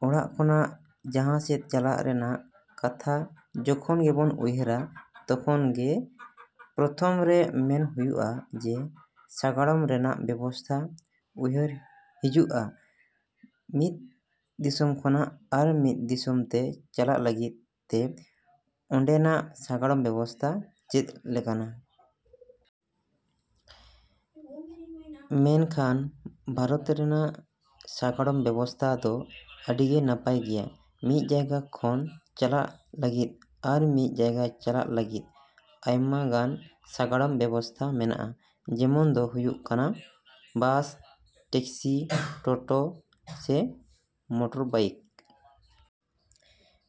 ᱚᱲᱟᱜ ᱠᱷᱚᱱᱟᱜ ᱡᱟᱦᱟᱸ ᱥᱮᱫ ᱪᱟᱞᱟᱜ ᱨᱮᱭᱟᱜ ᱠᱟᱛᱷᱟ ᱡᱚᱠᱷᱚᱱ ᱜᱮᱵᱚᱱ ᱩᱭᱦᱟᱹᱨᱟ, ᱛᱚᱠᱷᱚᱱ ᱜᱮ ᱯᱨᱚᱛᱷᱚᱢ ᱨᱮ ᱢᱚᱱᱮ ᱦᱩᱭᱩᱜᱼᱟ ᱡᱮ ᱥᱟᱜᱟᱲᱚᱢ ᱨᱮᱭᱟᱜ ᱵᱮᱵᱚᱥᱛᱷᱟ ᱩᱭᱦᱟᱹᱨ ᱦᱤᱡᱩᱜᱼᱟ᱾ ᱢᱤᱫ ᱫᱤᱥᱚᱢ ᱠᱷᱚᱱᱟᱜ ᱟᱨ ᱢᱤᱫ ᱫᱤᱥᱚᱢ ᱛᱮ ᱪᱟᱞᱟᱜ ᱞᱟᱹᱜᱤᱫ ᱛᱮ ᱚᱸᱰᱮᱱᱟᱜ ᱥᱟᱜᱟᱲᱚᱢ ᱵᱮᱵᱚᱥᱛᱷᱟ ᱪᱮᱫ ᱞᱮᱠᱟᱱᱟ? ᱢᱮᱱᱠᱷᱟᱱ ᱵᱷᱟᱨᱚᱛ ᱨᱮᱭᱟᱜ ᱥᱟᱜᱟᱲᱚᱢ ᱵᱮᱵᱚᱥᱛᱷᱟ ᱫᱚ ᱟᱹᱰᱤ ᱜᱮ ᱱᱟᱯᱟᱭ ᱜᱮᱭᱟ᱾ ᱢᱤᱫ ᱡᱟᱭᱜᱟ ᱠᱷᱚᱱ ᱪᱟᱞᱟᱜ ᱞᱟᱹᱜᱤᱫ ᱟᱨ ᱢᱤᱫ ᱡᱟᱭᱜᱟ ᱪᱟᱞᱟᱜ ᱞᱟᱹᱜᱤᱫ ᱟᱭᱢᱟ ᱜᱟᱱ ᱥᱟᱜᱟᱲᱚᱢ ᱵᱮᱵᱚᱥᱛᱷᱟ ᱢᱮᱱᱟᱜᱼᱟ᱾ ᱡᱮᱢᱚᱱ ᱫᱚ ᱦᱩᱭᱩᱜ ᱠᱟᱱᱟ ᱵᱟᱥ, ᱴᱮᱠᱥᱤ, ᱴᱚᱴᱚ ᱥᱮ ᱢᱚᱴᱚᱨᱵᱟᱭᱤᱠ᱾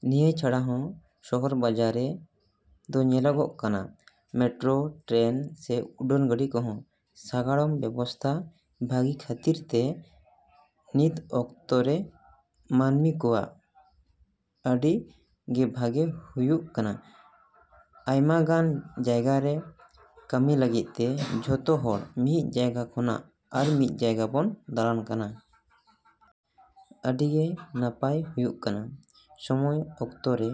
ᱱᱤᱭᱟᱹ ᱪᱷᱟᱲᱟ ᱦᱚᱸ ᱥᱚᱦᱚᱨ ᱵᱟᱡᱟᱨ ᱨᱮ ᱫᱚ ᱧᱮᱞᱚᱜᱚᱜ ᱠᱟᱱᱟ ᱢᱮᱴᱨᱚ ᱴᱨᱮᱱ ᱥᱮ ᱩᱰᱟᱹᱱ ᱜᱟᱹᱰᱤ ᱠᱚᱦᱚᱸ᱾ ᱥᱟᱜᱟᱲᱚᱢ ᱵᱮᱵᱚᱥᱛᱷᱟ ᱵᱷᱟᱹᱜᱤ ᱠᱷᱟᱹᱛᱤᱨ ᱛᱮ ᱱᱤᱛ ᱚᱠᱛᱚ ᱨᱮ ᱢᱟᱹᱱᱢᱤ ᱠᱚᱣᱟᱜ ᱟᱹᱰᱤ ᱜᱮ ᱵᱷᱟᱜᱮ ᱦᱩᱭᱩᱜ ᱠᱟᱱᱟ᱾ ᱟᱭᱢᱟ ᱜᱟᱱ ᱡᱟᱭᱜᱟ ᱨᱮ ᱠᱟᱹᱢᱤ ᱞᱟᱹᱜᱤᱫ ᱛᱮ ᱡᱷᱚᱛᱚ ᱦᱚᱲ ᱢᱤᱫ ᱡᱟᱭᱜᱟ ᱠᱷᱚᱱᱟᱜ ᱟᱨ ᱢᱤᱫ ᱡᱟᱭᱜᱟ ᱵᱚᱱ ᱫᱟᱲᱟᱱ ᱠᱟᱱᱟ᱾ ᱟᱹᱰᱤ ᱜᱮ ᱱᱟᱯᱟᱭ ᱦᱩᱭᱩᱜ ᱠᱟᱱᱟ ᱥᱚᱢᱚᱭ ᱚᱠᱛᱚ ᱨᱮ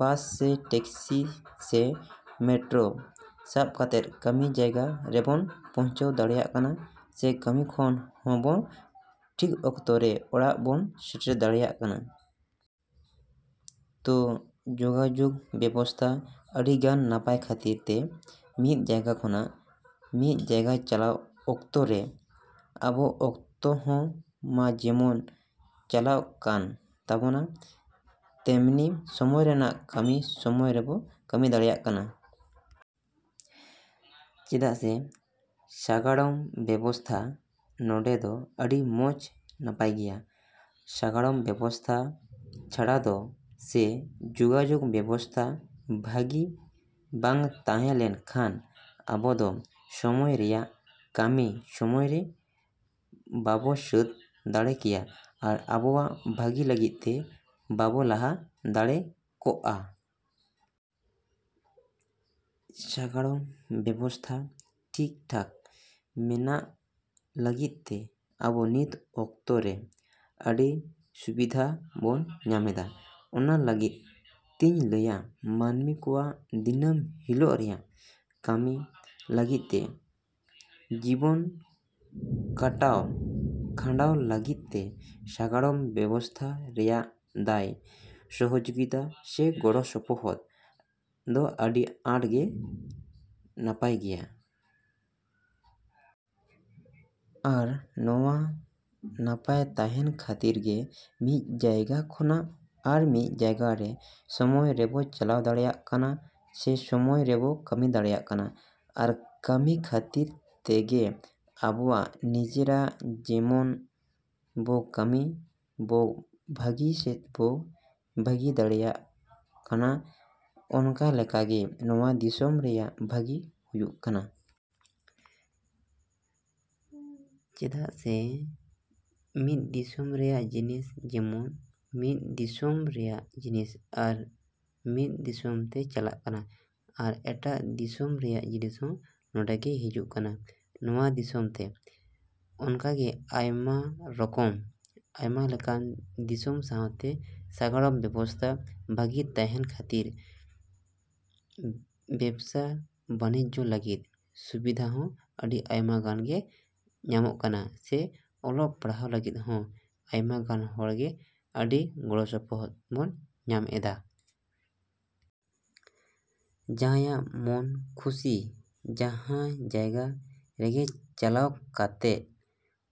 ᱵᱟᱥ ᱥᱮ ᱴᱮᱠᱥᱤ ᱥᱮ ᱢᱮᱴᱨᱚ ᱥᱟᱵ ᱠᱟᱛᱮᱫ ᱠᱟᱹᱢᱤ ᱡᱟᱭᱜᱟ ᱨᱮᱵᱚ ᱯᱚᱪᱷᱟᱣ ᱫᱟᱲᱮᱭᱟᱜ ᱠᱟᱱᱟ ᱥᱮ ᱠᱟᱹᱢᱤ ᱠᱷᱚᱱ ᱦᱚᱸ ᱵᱚ ᱴᱷᱤᱠ ᱚᱠᱛᱚ ᱨᱮ ᱚᱲᱟᱜ ᱵᱚᱱ ᱥᱮᱴᱮᱨ ᱫᱟᱲᱮᱭᱟᱜ ᱠᱟᱱᱟ᱾ ᱛᱚ ᱡᱚᱜᱟᱡᱚᱜᱽ ᱵᱮᱵᱚᱥᱛᱷᱟ ᱟᱹᱰᱤ ᱜᱟᱱ ᱱᱟᱯᱟᱭ ᱠᱷᱟᱹᱛᱤᱨ ᱛᱮ ᱢᱤᱫ ᱡᱟᱭᱜᱟ ᱠᱷᱚᱱᱟᱜ ᱢᱤᱫ ᱡᱟᱭᱜᱟ ᱪᱟᱞᱟᱣ ᱚᱠᱛᱚ ᱨᱮ ᱟᱵᱚ ᱚᱠᱛᱚ ᱦᱚᱸ ᱢᱟ ᱡᱮᱢᱚᱱ ᱵᱟᱪᱞᱟᱜ ᱠᱟᱱ ᱛᱟᱵᱚᱱᱟ ᱛᱮᱢᱱᱤ ᱥᱚᱢᱚᱭ ᱨᱮᱭᱟᱜ ᱠᱟᱹᱢᱤ ᱥᱚᱢᱚᱭ ᱨᱮᱵᱚ ᱠᱟᱹᱢᱤ ᱫᱟᱲᱮᱭᱟᱜ ᱠᱟᱱᱟ᱾ ᱪᱮᱫᱟᱜ ᱥᱮ ᱥᱟᱜᱟᱲᱚᱢ ᱵᱮᱵᱚᱥᱛᱷᱟ ᱱᱚᱰᱮ ᱫᱚ ᱟᱹᱰᱤ ᱢᱚᱸᱡᱽ ᱱᱟᱯᱟᱭ ᱜᱮᱭᱟ᱾ ᱥᱟᱜᱟᱲᱚᱢ ᱵᱮᱵᱚᱥᱛᱷᱟ ᱪᱷᱟᱲᱟ ᱫᱚ ᱥᱮ ᱡᱚᱜᱟᱡᱚᱜᱽ ᱵᱮᱵᱚᱥᱛᱷᱟ ᱵᱷᱟᱹᱜᱤ ᱵᱟᱝ ᱛᱟᱦᱮᱸ ᱞᱮᱱ ᱠᱷᱟᱱ ᱟᱵᱚ ᱫᱚ ᱥᱚᱢᱚᱭ ᱨᱮᱭᱟᱜ ᱠᱟᱹᱢᱤ ᱥᱚᱢᱚᱭ ᱨᱮ ᱵᱟᱵᱚ ᱥᱟᱹᱛ ᱫᱟᱲᱮ ᱠᱮᱭᱟ ᱟᱨ ᱟᱵᱚᱣᱟᱜ ᱵᱷᱟᱹᱜᱤ ᱞᱟᱹᱜᱤᱫ ᱛᱮ ᱵᱟᱵᱚ ᱞᱟᱦᱟ ᱫᱟᱲᱮ ᱠᱚᱜᱼᱟ᱾ ᱥᱟᱜᱟᱲᱚᱢ ᱵᱮᱵᱚᱥᱛᱷᱟ ᱴᱷᱤᱠ ᱴᱷᱟᱠ ᱢᱮᱱᱟᱜ ᱞᱟᱹᱜᱤᱫ ᱛᱮ ᱟᱹᱵᱚ ᱱᱤᱛ ᱚᱠᱛᱚ ᱨᱮ ᱟᱹᱰᱤ ᱥᱩᱵᱤᱫᱷᱟ ᱵᱚᱱ ᱧᱟᱢ ᱮᱫᱟ᱾ ᱚᱱᱟ ᱞᱟᱹᱜᱤᱫ ᱛᱤᱧ ᱞᱟᱹᱭᱟ ᱢᱟᱹᱱᱢᱤ ᱠᱚᱣᱟᱜ ᱫᱤᱱᱟᱹᱢ ᱦᱤᱞᱚᱜ ᱨᱮᱭᱟᱜ ᱠᱟᱹᱢᱤ ᱞᱟᱹᱜᱤᱫ ᱛᱮ, ᱡᱤᱵᱚᱱ ᱠᱷᱟᱴᱟᱣ ᱠᱷᱟᱸᱰᱟᱣ ᱞᱟᱹᱜᱤᱫ ᱛᱮ ᱥᱟᱜᱟᱲᱚᱢ ᱵᱮᱵᱚᱥᱛᱷᱟ ᱨᱮᱭᱟᱜ ᱫᱟᱭ, ᱥᱚᱦᱚᱡᱚᱜᱤᱛᱟ ᱥᱮ ᱜᱚᱲᱚ ᱥᱚᱯᱚᱦᱚᱫ ᱫᱚ ᱟᱹᱰᱤ ᱟᱴ ᱜᱮ ᱱᱟᱯᱟᱭ ᱜᱮᱭᱟ᱾ ᱟᱨ ᱱᱚᱶᱟ ᱱᱟᱯᱟᱭ ᱛᱟᱦᱮᱱ ᱠᱷᱟᱹᱛᱤᱨ ᱜᱮ ᱢᱤᱫ ᱡᱟᱭᱜᱟ ᱠᱷᱚᱱᱟᱜ ᱟᱨ ᱢᱤᱫ ᱡᱟᱭᱜᱟ ᱨᱮ ᱥᱚᱢᱚᱭ ᱨᱮᱵᱚ ᱪᱟᱞᱟᱣ ᱫᱟᱲᱮᱭᱟᱜ ᱠᱟᱱᱟ ᱥᱮ ᱥᱚᱢᱚᱭ ᱨᱮᱵᱚ ᱠᱟᱹᱢᱤ ᱫᱟᱲᱮᱭᱟᱜ ᱠᱟᱱᱟ᱾ ᱟᱨ ᱠᱟᱹᱢᱤ ᱠᱷᱟᱹᱛᱤᱨ ᱛᱮᱜᱮ ᱟᱵᱚᱣᱟᱜ ᱱᱤᱡᱮᱨᱟᱜ ᱡᱮᱢᱚᱱ ᱵᱚ ᱠᱟᱹᱢᱤ ᱵᱚ ᱵᱷᱟᱹᱜᱤ ᱥᱮᱫ ᱵᱚ ᱵᱷᱟᱹᱜᱤ ᱫᱟᱲᱮᱭᱟᱜ ᱠᱟᱱᱟ, ᱚᱱᱠᱟ ᱞᱮᱠᱟ ᱜᱮ ᱱᱚᱶᱟ ᱫᱤᱥᱚᱢ ᱨᱮᱭᱟᱜ ᱵᱷᱟᱹᱜᱤ ᱦᱩᱭᱩᱜ ᱠᱟᱱᱟ᱾ ᱪᱮᱫᱟᱜ ᱥᱮ ᱢᱤᱫ ᱫᱤᱥᱚᱢ ᱨᱮᱭᱟᱜ ᱡᱤᱱᱤᱥ ᱡᱮᱢᱚᱱ ᱢᱤᱫ ᱫᱤᱥᱚᱢ ᱨᱮᱱᱟᱜ ᱡᱤᱱᱤᱥ ᱟᱨ ᱢᱤᱫ ᱫᱤᱥᱚᱢ ᱛᱮ ᱪᱟᱞᱟᱜ ᱠᱟᱱᱟ ᱟᱨ ᱮᱴᱟᱜ ᱫᱤᱥᱚᱢ ᱨᱮᱭᱟᱜ ᱡᱤᱱᱤᱥ ᱦᱚᱸ ᱱᱚᱰᱮ ᱜᱮ ᱦᱤᱡᱩᱜ ᱠᱟᱱᱟ ᱱᱚᱶᱟ ᱫᱤᱥᱚᱢ ᱛᱮ᱾ ᱚᱱᱠᱟ ᱜᱮ ᱟᱭᱢᱟ ᱨᱚᱠᱚᱢ, ᱟᱭᱢᱟ ᱞᱮᱠᱟᱱ ᱫᱤᱥᱚᱢ ᱥᱟᱶᱛᱮ ᱥᱟᱜᱟᱲᱚᱢ ᱵᱮᱵᱚᱥᱛᱷᱟ ᱵᱷᱟᱹᱜᱤ ᱛᱟᱦᱮᱱ ᱠᱷᱟᱹᱛᱤᱨ ᱵᱮᱵᱽᱥᱟ ᱵᱟᱹᱱᱤᱡᱡᱚ ᱞᱟᱹᱜᱤᱫ ᱥᱩᱵᱤᱫᱷᱟ ᱦᱚᱸ ᱟᱹᱰᱤ ᱟᱭᱢᱟ ᱜᱟᱱ ᱜᱮ ᱧᱟᱢᱚᱜ ᱠᱟᱱᱟ ᱥᱮ ᱚᱞᱚᱜ ᱯᱟᱲᱦᱟᱜ ᱞᱟᱹᱜᱤᱫ ᱦᱚᱸ ᱟᱭᱢᱟ ᱜᱟᱱ ᱦᱚᱲ ᱜᱮ ᱟᱹᱰᱤ ᱜᱚᱲᱚ ᱥᱚᱯᱚᱦᱚᱫ ᱵᱚᱱ ᱧᱟᱢ ᱮᱫᱟ᱾ ᱡᱟᱦᱟᱸᱭᱟᱜ ᱢᱚᱱ ᱠᱷᱩᱥᱤ ᱡᱟᱦᱟᱸ ᱡᱟᱭᱜᱟ ᱨᱮᱜᱮ ᱪᱟᱞᱟᱣ ᱠᱟᱛᱮᱫ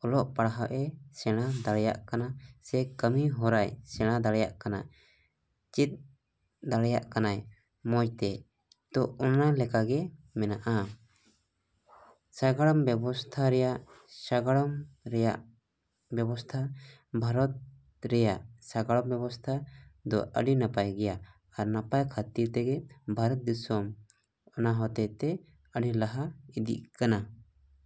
ᱚᱞᱚᱜ ᱯᱟᱲᱦᱟᱣ ᱮ ᱥᱮᱬᱟ ᱫᱟᱲᱮᱭᱟᱜ ᱠᱟᱱᱟ ᱥᱮ ᱠᱟᱹᱢᱤ ᱠᱚᱦᱚᱸᱭ ᱥᱮᱬᱟ ᱫᱟᱲᱮᱭᱟᱜ ᱠᱟᱱᱟ, ᱪᱮᱫ ᱫᱟᱲᱮᱭᱟᱜ ᱠᱟᱱᱟᱭ ᱢᱚᱸᱡᱽ ᱛᱮ᱾ ᱛᱚ ᱚᱱᱟ ᱞᱮᱠᱟ ᱛᱮ ᱢᱮᱱᱟᱜᱼᱟ ᱥᱟᱜᱟᱲᱚᱢ ᱵᱮᱵᱚᱥᱛᱷᱟ ᱨᱮᱭᱟᱜ ᱥᱟᱜᱟᱲᱚᱢ ᱨᱮᱭᱟᱜ ᱵᱮᱵᱚᱥᱛᱷᱟ ᱵᱷᱟᱨᱚᱛ ᱨᱮᱭᱟᱜ ᱥᱟᱜᱟᱲᱚᱢ ᱵᱮᱵᱚᱥᱛᱷᱟ ᱫᱚ ᱟᱹᱰᱤ ᱱᱟᱯᱟᱭ ᱜᱮᱭᱟ ᱟᱨ ᱱᱟᱯᱟᱭ ᱠᱷᱟᱹᱛᱤᱨ ᱛᱮᱜᱮ ᱵᱷᱟᱨᱚᱛ ᱫᱤᱥᱚᱢ ᱚᱱᱟ ᱦᱚᱛᱮᱛᱮ ᱟᱹᱰᱤ ᱞᱟᱦᱟ ᱤᱫᱤᱜ ᱠᱟᱱᱟ᱾